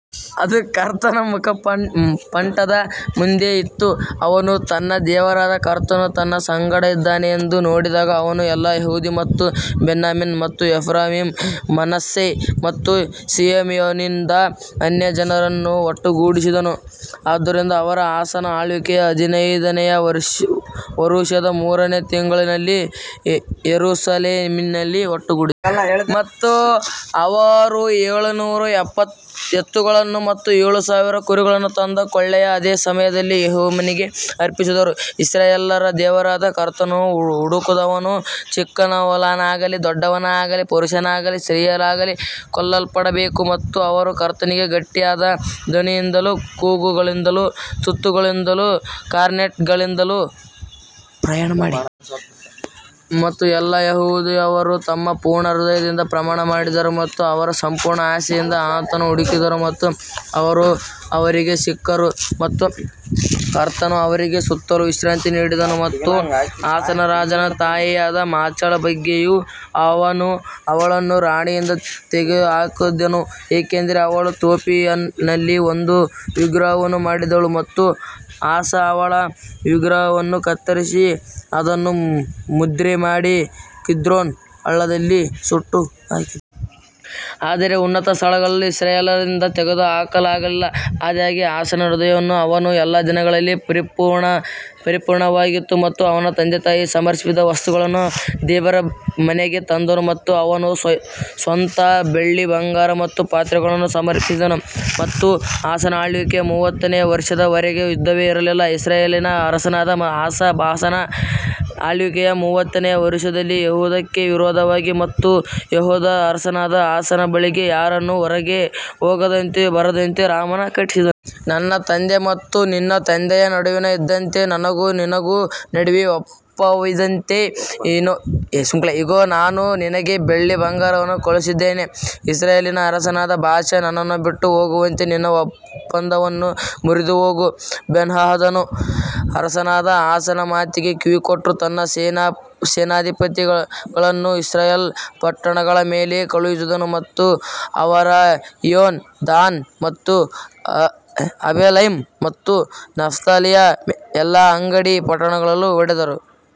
ಅದು ಕರ್ತನ ಮುಖಮಂಟಪದ ಮುಂದೆ ಇತ್ತು ಅವನು ತನ್ನ ದೇವರಾದ ಕರ್ತನು ತನ್ನ ಸಂಗಡ ಇದ್ದಾನೆ ಎಂದು ನೋಡಿದಾಗ ಅವನು ಎಲ್ಲಾ ಯೆಹೂದ ಮತ್ತು ಬೆನ್ಯಾಮೀನ್ ಮತ್ತು ಎಫ್ರಾಯೀಮ್, ಮನಸ್ಸೆ ಮತ್ತು ಸಿಮೆಯೋನಿನಿಂದ ಅನ್ಯಜನರನ್ನು ಒಟ್ಟುಗೂಡಿಸಿದನು. ಆದುದರಿಂದ ಅವರು ಆಸನ ಆಳ್ವಿಕೆಯ ಹದಿನೈದನೆಯ ವರುಷದ ಮೂರನೆಯ ತಿಂಗಳಿನಲ್ಲಿ ಯೆರೂಸಲೇಮಿನಲ್ಲಿ ಒಟ್ಟುಗೂಡಿದರು. ಮತ್ತು ಅವರು ಏಳುನೂರು ಎತ್ತುಗಳನ್ನು ಮತ್ತು ಏಳು ಸಾವಿರ ಕುರಿಗಳನ್ನು ತಂದ ಕೊಳ್ಳೆಯ ಅದೇ ಸಮಯದಲ್ಲಿ ಯೆಹೋವನಿಗೆ ಅರ್ಪಿಸಿದರು. ಇಸ್ರಾಯೇಲ್ಯರ ದೇವರಾದ ಕರ್ತನನ್ನು ಹುಡುಕದವನು ಚಿಕ್ಕವನಾಗಲಿ ದೊಡ್ಡವನಾಗಲಿ ಪುರುಷನಾಗಲಿ ಸ್ತ್ರೀಯಾಗಲಿ ಕೊಲ್ಲಲ್ಪಡಬೇಕು ಮತ್ತು ಅವರು ಕರ್ತನಿಗೆ ಗಟ್ಟಿಯಾದ ಧ್ವನಿಯಿಂದಲೂ ಕೂಗುಗಳಿಂದಲೂ ತುತ್ತೂರಿಗಳಿಂದಲೂ ಕಾರ್ನೆಟ್ಗಳಿಂದಲೂ ಪ್ರಮಾಣ ಮಾಡಿದರು. ಮತ್ತು ಎಲ್ಲಾ ಯೆಹೂದದವರು ತಮ್ಮ ಪೂರ್ಣ ಹೃದಯದಿಂದ ಪ್ರಮಾಣ ಮಾಡಿದರು ಮತ್ತು ಅವರ ಸಂಪೂರ್ಣ ಆಸೆಯಿಂದ ಆತನನ್ನು ಹುಡುಕಿದರು ಮತ್ತು ಅವರು ಅವರಿಗೆ ಸಿಕ್ಕರು ಮತ್ತು ಕರ್ತನು ಅವರಿಗೆ ಸುತ್ತಲೂ ವಿಶ್ರಾಂತಿ ನೀಡಿದನು. ಮತ್ತು ಆಸಾ ರಾಜನ ತಾಯಿಯಾದ ಮಾಚಳ ಬಗ್ಗೆಯೂ ಅವನು ಅವಳನ್ನು ರಾಣಿಯಿಂದ ತೆಗೆದುಹಾಕಿದನು, ಏಕೆಂದರೆ ಅವಳು ತೋಪಿನಲ್ಲಿ ಒಂದು ವಿಗ್ರಹವನ್ನು ಮಾಡಿದಳು ಮತ್ತು ಆಸಾ ಅವಳ ವಿಗ್ರಹವನ್ನು ಕತ್ತರಿಸಿ ಅದನ್ನು ಮುದ್ರೆ ಮಾಡಿ ಕಿದ್ರೋನ್ ಹಳ್ಳದಲ್ಲಿ ಸುಟ್ಟುಹಾಕಿದನು. ಆದರೆ ಉನ್ನತ ಸ್ಥಳಗಳನ್ನು ಇಸ್ರಾಯೇಲ್ಯರಿಂದ ತೆಗೆದುಹಾಕಲಾಗಲಿಲ್ಲ, ಆದಾಗ್ಯೂ ಆಸನ ಹೃದಯವು ಅವನ ಎಲ್ಲಾ ದಿನಗಳಲ್ಲಿ ಪರಿಪೂರ್ಣವಾಗಿತ್ತು ಮತ್ತು ಅವನು ತನ್ನ ತಂದೆ ಸಮರ್ಪಿಸಿದ ವಸ್ತುಗಳನ್ನು ದೇವರ ಮನೆಗೆ ತಂದನು ಮತ್ತು ಅವನು ಸ್ವತಃ ಬೆಳ್ಳಿ, ಬಂಗಾರ ಮತ್ತು ಪಾತ್ರೆಗಳನ್ನು ಸಮರ್ಪಿಸಿದನು. ಮತ್ತು ಆಸನ ಆಳ್ವಿಕೆಯ ಮೂವತ್ತನೇ ವರುಷದ ವರೆಗೆ ಯುದ್ಧವೇ ಇರಲಿಲ್ಲ ಇಸ್ರಾಯೇಲಿನ ಅರಸನಾದ ಆಸಾ ಬಾಷನ ಆಳ್ವಿಕೆಯ ಮೂವತ್ತನೇ ವರುಷದಲ್ಲಿ ಯೆಹೂದಕ್ಕೆ ವಿರೋಧವಾಗಿ ಬಂದು ಯೆಹೂದದ ಅರಸನಾದ ಆಸನ ಬಳಿಗೆ ಯಾರನ್ನೂ ಹೊರಗೆ ಹೋಗದಂತೆಯೂ ಬರದಂತೆಯೂ ರಾಮವನ್ನು ಕಟ್ಟಿಸಿದನು. ನನ್ನ ತಂದೆ ಮತ್ತು ನಿನ್ನ ತಂದೆಯ ನಡುವೆ ಇದ್ದಂತೆ ನನಗೂ ನಿನಗೂ ನಡುವೆ ಒಪ್ಪಂದವಿದೆ ಇಗೋ ನಾನು ನಿನಗೆ ಬೆಳ್ಳಿ ಬಂಗಾರವನ್ನು ಕಳುಹಿಸಿದ್ದೇನೆ ಇಸ್ರಾಯೇಲಿನ ಅರಸನಾದ ಬಾಷಾ ನನ್ನನ್ನು ಬಿಟ್ಟು ಹೋಗುವಂತೆ ನಿನ್ನ ಒಪ್ಪಂದವನ್ನು ಮುರಿದು ಹೋಗು. ಬೆನ್ಹದದನು ಅರಸನಾದ ಆಸನ ಮಾತಿಗೆ ಕಿವಿಗೊಟ್ಟು ತನ್ನ ಸೇನಾಧಿಪತಿಗಳನ್ನು ಇಸ್ರಾಯೇಲ್ ಪಟ್ಟಣಗಳ ಮೇಲೆ ಕಳುಹಿಸಿದನು ಮತ್ತು ಅವರು ಈಯೋನ್, ದಾನ್ ಮತ್ತು ಅಬೆಲ್ಮೈಮ್ ಮತ್ತು ನಫ್ತಾಲಿಯ ಎಲ್ಲಾ ಅಂಗಡಿ ಪಟ್ಟಣಗಳನ್ನು ಹೊಡೆದರು.